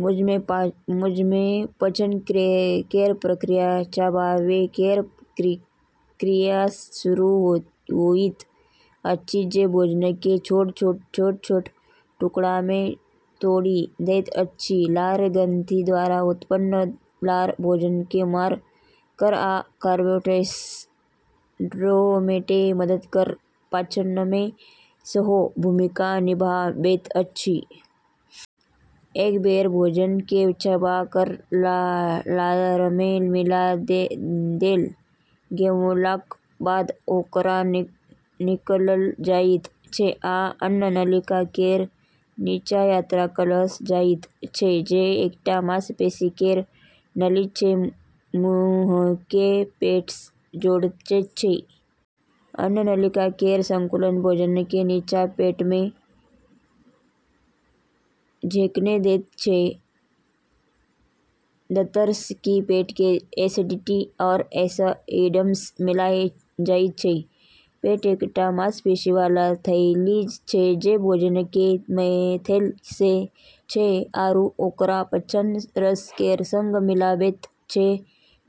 मुँहमे पाचन केर प्रक्रिया चबाबै केर क्रियासँ शुरू होइत अछि, जे भोजनकेँ छोट-छोट टुकड़ामे तोड़ि दैत अछि। लार ग्रंथि द्वारा उत्पन्न लार भोजनकेँ नम कऽ आ कार्बोहाइड्रेटकेँ तोड़ैमे मदद कऽ पाचनमे सेहो भूमिका निभाबैत अछि। एक बेर भोजनकेँ चबा कऽ लारमे मिला देल गेलाक बाद ओकरा निगलल जाइत छै आ अन्ननलिका केर नीचाँ यात्रा कएल जाइत छै, जे एकटा मांसपेशी केर नली छै जे मुँहकेँ पेटसँ जोड़ैत छै। अन्ननलिका केर संकुचन भोजनकेँ नीचाँ पेटमे धकेल दैत छै, जतए ई पेट केर एसिड आ एंजाइमसँ मिलायल जाइत छै। पेट एकटा मांसपेशीवाला थैली छै जे भोजनकेँ मथैत छै आरू ओकरा पाचन रस केर संग मिलाबैत छै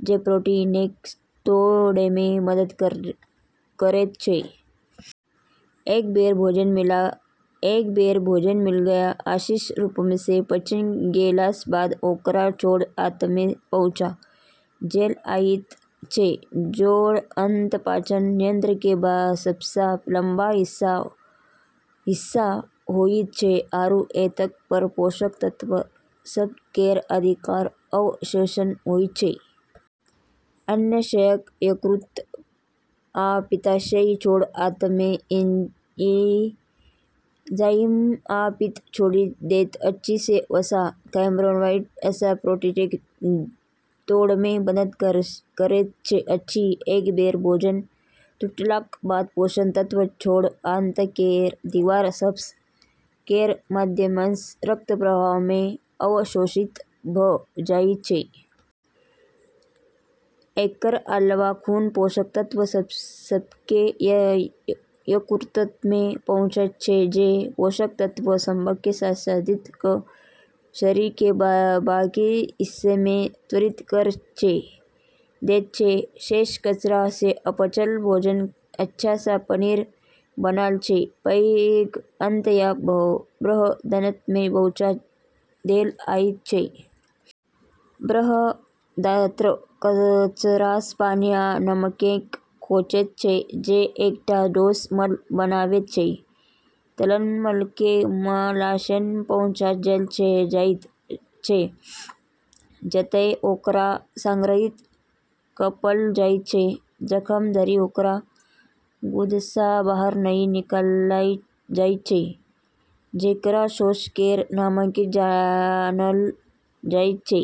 जे प्रोटीनकेँ तोड़ैमे मदद करैत छै। एक बेर भोजन मिला कऽ आंशिक रूपसँ पचि गेलाक बाद ओकरा छोट आंतमे पहुँचा देल जाइत छै। छोट आंत पाचन तंत्र केर सबसँ लम्बा हिस्सा होइत छै आरू एतए पर पोषक तत्व सभ केर अधिकांश अवशोषण होइत छै। अग्न्याशय, यकृत आ पित्ताशय छोट आंतमे एंजाइम आ पित्त छोड़ि दैत अछि जे वसा, कार्बोहाइड्रेट आ प्रोटीनकेँ तोड़ैमे मदद करैत अछि। एक बेर भोजन टूटलाक बाद पोषक तत्व छोट आंत केर दीवार सभ केर माध्यमसँ रक्तप्रवाहमे अवशोषित भऽ जाइत छै। एकर अलावा खून पोषक तत्व सभकेँ यकृतमे पहुँचाए दैत छै, जे पोषक तत्व सभकेँ संसाधित कऽ कऽ शरीर केर बाकी हिस्सामे वितरित कऽ दैत छै। शेष कचरा, जे अपचल भोजन, रेशा आ पानीसँ बनल छै, पैघ आंत या बृहदान्त्रमे पहुँचा देल जाइत छै। बृहदान्त्र कचरासँ पानी आ नमककेँ सोखैत छै, जे एकटा ठोस मल बनाबैत छै। तखन मलकेँ मलाशयमे पहुँचा देल जाइत छै, जतए ओकरा संग्रहित कएल जाइत छै, जखन धरि ओकरा गुदासँ बाहर नहि निकालल जाइत छै, जेकरा शौच केर नामसँ जानल जाइत छै।